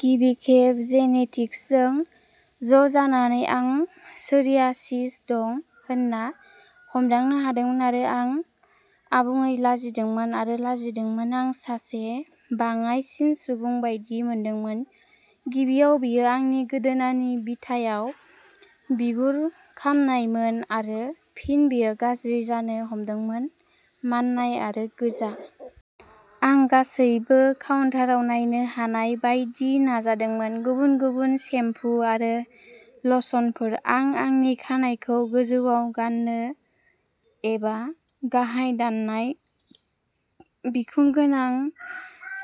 गिबि खेब जेनेटिक्सजों ज'जानानै आं सोरियासिस दं होनना हमदांनो हादोंमोन आरो आं आबुङै लाजिदोंमोन आरो लाजिदोंमोन आं सासे बाङाइसिन सुबुं बायदि मोनदोंमोन गिबियाव बेयो आंनि गोदोनानि बिथायाव बिगुर खामनायमोन आरो फिन बेयो गाज्रि जानो हमदोंमोन माननाय आरो गोजा। आं गासैबो काउन्टाराव नायनो हानाय बायदि नाजादोंमोन गुबुन गुबुन सेम्पु आरो लशनफोर। आं आंनि खानाइखौ गोजौआव गाननो एबा गाहाय दाननाय बिखुं गोनां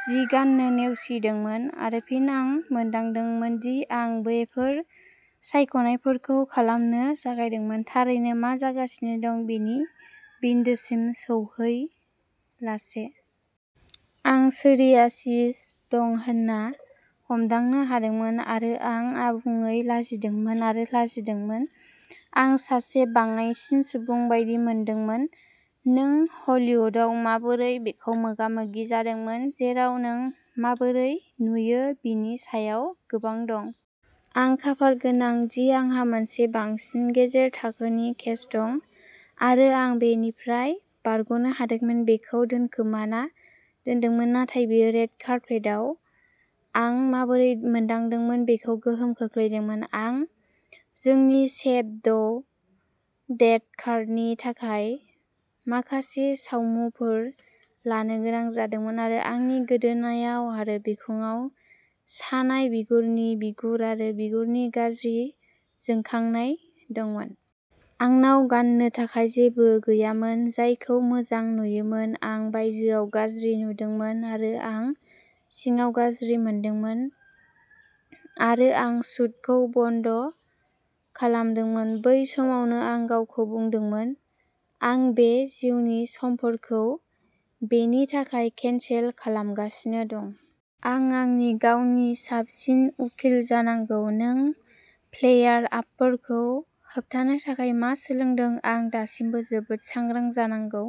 जि गान्नो नेवसिदोंमोन। आरो फिन आं मोनदांदोंमोन दि आं बेफोर सायख'नायफोरखौ खालामनो जागायदोंमोन, थारैनो मा जागासिनो दं बेनि बिन्दोसिम सौहैालासे। आं सोरियासिस दं होनना हमदांनो हादोंमोन, आरो आं आबुङै लाजिदोंमोन आरो लाजिदोंमोन। आं सासे बाङाइसिन सुबुं बायदि मोनदोंमोन। नों हलिउदाव माबोरै बेखौ मोगा मोगि जादोंमोन जेराव नों माबोरै नुयो बेनि सायाव गोबां दं? आं खाफालगोनां दि आंहा मोनसे बांसिन गेजेर थाखोनि केस दं, आरो आं बेनिफ्राय बारग'नो हादोंमोन। बेखौ दोनखोमाना दोनदोंमोन। नाथाय बेयो रेड कार्पेटआव आं माबोरै मोनदांदोंमोन बेखौ गोहोम खोख्लैदोंमोन। आं जोंनि सेभ द डेट कार्डनि थाखाय माखासे सावमुफोर लानो गोनां जादोंमोन आरो आंनि गोदोनायाव आरो बिखुंआव सानाय बिगुरनि बिगुर आरो बिगुरनि गाज्रि जोंखांनाय दंमोन। आंनाव गान्नो थाखाय जेबो गैयामोन, जायखौ मोजां नुयोमोन। आं बायजोयाव गाज्रि नुदोंमोन आरो आं सिङाव गाज्रि मोनदोंमोन आरो आं शूटखौ बन्द खालामदोंमोन। बै समावनो आं गावखौ बुंदोंमोनः "आं बे जिउनि समफोरखौ बेनि थाखाय केनसेल खालामगासिनो दं। आं आंनि गावनि साबसिन उकिल जानांगौ।" नों फ्लेयार-आपफोरखौ होबथानो थाखाय मा सोलोंदों? आं दासिमबो जोबोद सांग्रां जानांगौ।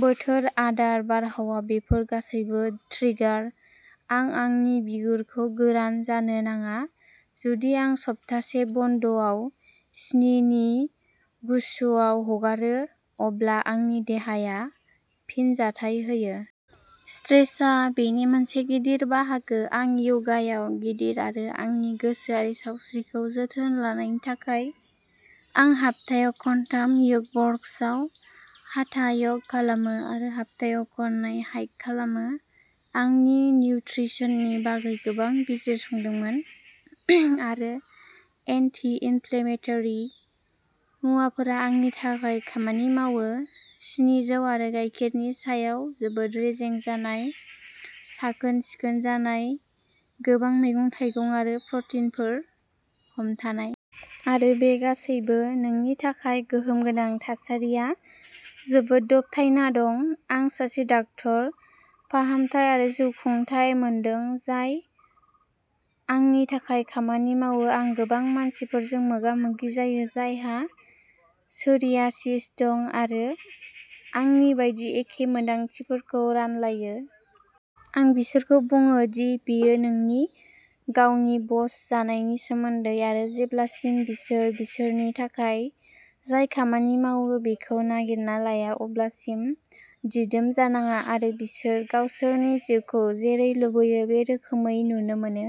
बोथोर, आदार, बारहावा-बेफोर गासैबो ट्रिगार। आं आंनि बिगुरखौ गोरान जानो नाङा। जुदि आं सप्तासे बन्द'आव सिनिनि गुच्छआव हगारो, अब्ला आंनि देहाया फिनजाथाय होयो। स्ट्रेसआ बेनि मोनसे गिदिर बाहागो। आं य'गायाव गिदिर, आरो आंनि गोसोआरि सावस्रिखौ जोथोन लानायनि थाखाय। आं हाप्थायाव खनथाम य'गवर्क्सआव हाथा य'ग खालामो आरो हाप्थायाव खननै हाइक खालामो। आं निउत्रिसननि बागै गोबां बिजिरसंदोंमोन आरो एन्टि इनफ्लेमेटरि मुवाफोरा आंनि थाखाय खामानि मावो सिनि जौ आरो गाइखेरनि सायाव जोबोद रेजें जानाय, साखोन-सिखोन जानाय, गोबां मैगं-थाइगं आरो प्रटिनफोर हमथानाय। आरो बे गासैबो नोंनि थाखाय गोहोम गोनां थासारिया जोबोद दबथायना दं। आं सासे डाक्टर फाहामथाय आरो जिउखुंथाय मोनदों जाय आंनि थाखाय खामानि मावो। आं गोबां मानसिफोरजों मोगामोगि जायो जायहा सोरियासिस दं आरो आंनि बायदि एखे मोन्दांथिफोरखौ रानलायो। आं बिसोरखौ बुङो दि बेयो नोंनि गावनि बस जानायनि सोमोन्दै आरो जेब्लासिम बिसोर बिसोरनि थाखाय जाय खामानि मावो बेखौ नागिरना लाया अब्लासिम दिदोम जानाङा आरो बिसोर गावसोरनि जिउखौ जेरै लुबैयो बे रोखोमै नुनो मोनो।